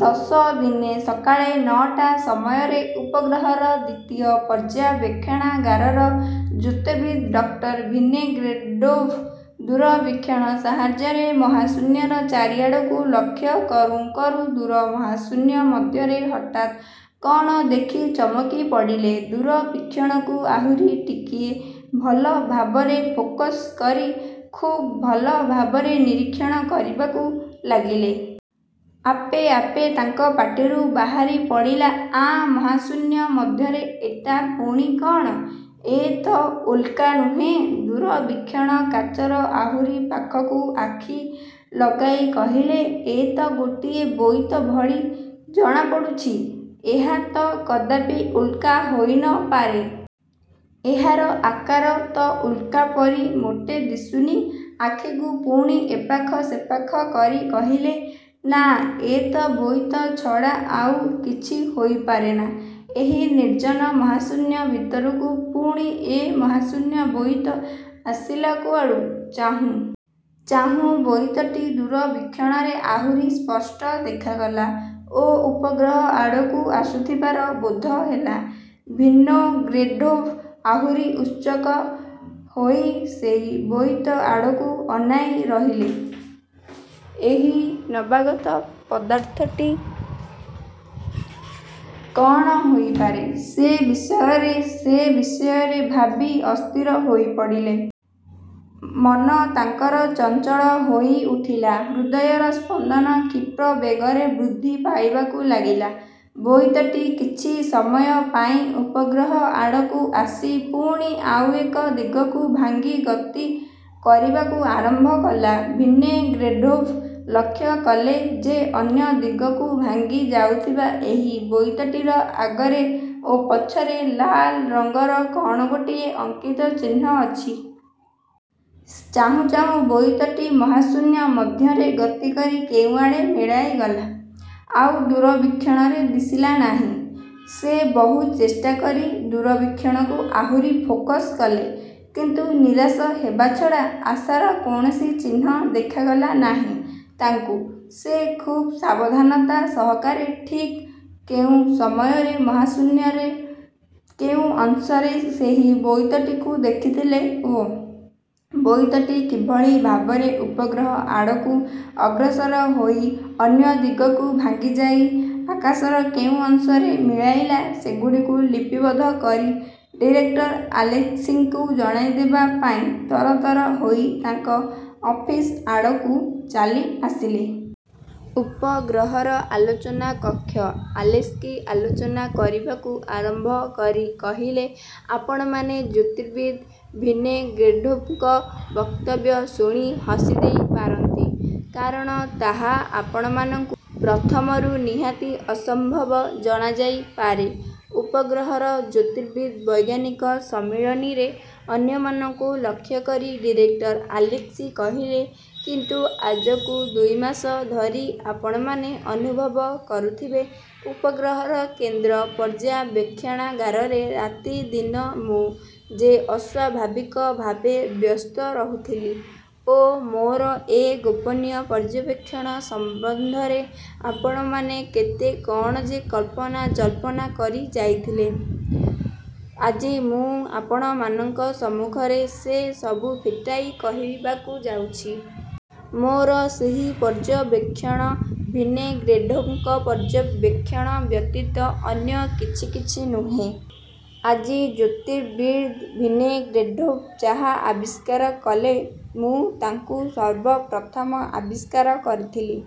ଦଶ ଦିନେ ସକାଳେ ନ'ଟା ସମୟରେ ଉପଗ୍ରହର ଦ୍ୱିତୀୟ ପର୍ଯ୍ୟବେକ୍ଷଣାଗାରର ଜ୍ୟୋତିର୍ବିଦ୍ ଡକ୍ଟର ଭିନୋଗ୍ରେଡ଼ୋଭ ଦୂରବୀକ୍ଷଣ ସାହାଯ୍ୟରେ ମହାଶୂନ୍ୟର ଚାରିଆଡ଼କୁ ଲକ୍ଷ୍ୟ କରୁଁ କରୁଁ ଦୂର ମହାଶୂନ୍ୟ ମଧ୍ୟରେ ହଠାତ୍ କ'ଣ ଦେଖି ଚମକି ପଡ଼ିଲେ। ଦୂରବୀକ୍ଷଣକୁ ଆହୁରି ଟିକିଏ ଭଲ ଭାବରେ ଫୋକସ୍ କରି ଖୁବ୍ ଭଲ ଭାବରେ ନିରୀକ୍ଷଣ କରିବାକୁ ଲାଗିଲେ। ଆପେ ଆପେ ତାଙ୍କ ପାଟିରୁ ବାହାରି ପଡ଼ିଲା, ''ଆଁ, ମହାଶୂନ୍ୟ ମଧ୍ୟରେ ଏ'ଟା ପୁଣି କଅଣ? ଏ ତ ଉଲ୍କା ନୁହେଁ! '' ଦୂରବୀକ୍ଷଣ କାଚର ଆହୁରି ପାଖକୁ ଆଖି ଲଗାଇ କହିଲେ, ''ଏ ତ ଗୋଟିଏ ବୋଇତ ଭଳି ଜଣାପଡ଼ୁଛି। ଏହା ତ କଦାପି ଉଲ୍କା ହୋଇ ନ ପାରେ। ଏହାର ଆକାର ତ ଉଲ୍କା ପରି ମୋଟେ ଦିଶୁନି। '' ଆଖିକୁ ପୁଣି ଏପାଖ ସେପାଖ କରି କହିଲେ, ''ନାଁ, ଏ ତ ବୋଇତ ଛଡ଼ା ଆଉ କିଛି ହୋଇପାରେନା। ଏହି ନିର୍ଜ୍ଜନ ମହାଶୂନ୍ୟ ଭିତରକୁ ପୁଣି ଏ ମହାଶୂନ୍ୟ ବୋଇତ ଆସିଲା କୁଆଡ଼ୁ? '' ଚାହୁଁ। ଚାହୁଁ ବୋଇତଟି ଦୂରବୀକ୍ଷଣରେ ଆହୁରି ସ୍ପଷ୍ଟ ଦେଖାଗଲା ଓ ଉପଗ୍ରହ ଆଡ଼କୁ ଆସୁଥିବାର ବୋଧହେଲା। ଭିନୋଗ୍ରେଡ଼ୋଭ୍ ଆହୁରି ଉତ୍ସୁକ ହୋଇ ସେଇ ବୋଇତ ଆଡ଼କୁ ଅନାଇ ରହିଲେ। ଏହି ନବାଗତ ପଦାର୍ଥଟି କଅଣ ହୋଇପାରେ, ସେ ବିଷୟରେ, ସେ ବିଷୟରେ ଭାବି ଅସ୍ଥିର ହୋଇ ପଡ଼ିଲେ। ମନ ତାଙ୍କର ଚଞ୍ଚଳ ହୋଇଉଠିଲା, ହୃଦୟର ସ୍ପନ୍ଦନ କ୍ଷୀପ୍ରବେଗରେ ବୃଦ୍ଧି ପାଇବାକୁ ଲାଗିଲା। ବୋଇତଟି କିଛି ସମୟ ପାଇଁ ଉପଗ୍ରହ ଆଡ଼କୁ ଆସି ପୁଣି ଆଉ ଏକ ଦିଗକୁ ଭାଙ୍ଗି ଗତି କରିବାକୁ ଆରମ୍ଭ କଲା। ଭିନୋଗ୍ରେଡ଼ୋଭ୍ ଲକ୍ଷ୍ୟ କଲେ ଯେ ଅନ୍ୟ ଦିଗକୁ ଭାଙ୍ଗିଯାଉଥିବା ଏହି ବୋଇତଟିର ଆଗରେ ଓ ପଛରେ ଲାଲ ରଙ୍ଗର କ'ଣ ଗୋଟିଏ ଅଙ୍କିତ ଚିହ୍ନ ଅଛି। ଚାହୁଁ ଚାହୁଁ ବୋଇତଟି ମହାଶୂନ୍ୟ ମଧ୍ୟରେ ଗତିକରି କେଉଁଆଡ଼େ ମିଳାଇଗଲା; ଆଉ ଦୂରବୀକ୍ଷଣରେ ଦିଶିଲା ନାହିଁ। ସେ ବହୁ ଚେଷ୍ଟାକରି ଦୂରବୀକ୍ଷଣକୁ ଆହୁରି ଫୋକସ୍ କଲେ; କିନ୍ତୁ ନିରାଶ ହେବା ଛଡ଼ା ଆଶାର କୌଣସି ଚିହ୍ନ ଦେଖାଗଲା ନାହିଁ ତାଙ୍କୁ। ସେ ଖୁବ୍ ସାବଧାନତା ସହକାରେ ଠିକ୍ କେଉଁ ସମୟରେ ମହାଶୂନ୍ୟର କେଉଁ ଅଂଶରେ ସେହି ବୋଇତଟିକୁ ଦେଖିଥିଲେ ଓ ବୋଇତଟି କିଭଳି ଭାବରେ ଉପଗ୍ରହ ଆଡ଼କୁ ଅଗ୍ରସର ହୋଇ ଅନ୍ୟ ଦିଗକୁ ଭାଙ୍ଗିଯାଇ ଆକାଶର କେଉଁ ଅଂଶରେ ମିଳାଇଲା, ସେଗୁଡ଼ିକୁ ଲିପିବଦ୍ଧ କରି ଡିରେକ୍ଟର ଆଲେସ୍କିଙ୍କୁ ଜଣାଇଦେବା ପାଇଁ ତରତର ହୋଇ ତାଙ୍କ ଅଫିସ ଆଡ଼କୁ ଚାଲିଆସିଲେ। ଉପଗ୍ରହର ଆଲୋଚନା କକ୍ଷ। ଆଲେସ୍କି ଆଲୋଚନା କରିବାକୁ ଆରମ୍ଭ କରି କହିଲେ-''ଆପଣମାନେ ଜ୍ୟୋତିର୍ବିଦ୍ ଭିନୋଗ୍ରେଡ଼ୋଭ୍ଙ୍କ ବକ୍ତବ୍ୟ ଶୁଣି ହସିଦେଇ ପାରନ୍ତି। କାରଣ ତାହା ଆପଣମାନଙ୍କୁ ପ୍ରଥମରୁ ନିହାତି ଅସମ୍ଭବ ଜଣାଯାଇପାରେ। '' ଉପଗ୍ରହର ଜ୍ୟୋତିର୍ବିଦ୍ ବୈଜ୍ଞାନିକ ସମ୍ମିଳନୀରେ ଅନ୍ୟମାନଙ୍କୁ ଲକ୍ଷ୍ୟ କରି ଡିରେକ୍ଟର ଆଲେସ୍କି କହିଲେ, ''କିନ୍ତୁ ଆଜକୁ ଦୁଇମାସ ଧରି ଆପଣମାନେ ଅନୁଭବ କରୁଥିବେ, ଉପଗ୍ରହର କେନ୍ଦ୍ର ପର୍ଯ୍ୟାବେକ୍ଷଣାଗାରରେ ରାତିଦିନ ମୁଁ ଯେ ଅସ୍ୱାଭାବିକ ଭାବେ ବ୍ୟସ୍ତ ରହୁଥିଲି ଓ ମୋର ଏ ଗୋପନୀୟ ପର୍ଯ୍ୟବେକ୍ଷଣ ସମ୍ବନ୍ଧରେ ଆପଣମାନେ କେତେ କ'ଣ ଯେ କଳ୍ପନା-ଜଳ୍ପନା କରାଯାଇଥିଲେ; ଆଜି ମୁଁ ଆପଣମାନଙ୍କ ସମ୍ମୁଖରେ ସେ ସବୁ ଫିଟାଇ କହିବାକୁ ଯାଉଛି। ମୋର ସେହି ପର୍ଯ୍ୟବେକ୍ଷଣ ଭିନୋଗ୍ରେଡ଼ୋଭ୍ଙ୍କ ପର୍ଯ୍ୟବେକ୍ଷଣ ବ୍ୟତୀତ ଅନ୍ୟ କିଛି କିଛି ନୁହେଁ। ଆଜି ଜ୍ୟୋତିର୍ବିଦ୍ ଭିନୋଗ୍ରେଡ଼ୋଭ୍ ଯାହା ଆବିଷ୍କାର କଲେ, ମୁଁ ତା'କୁ ସର୍ବପ୍ରଥମ ଆବିଷ୍କାର କରିଥିଲି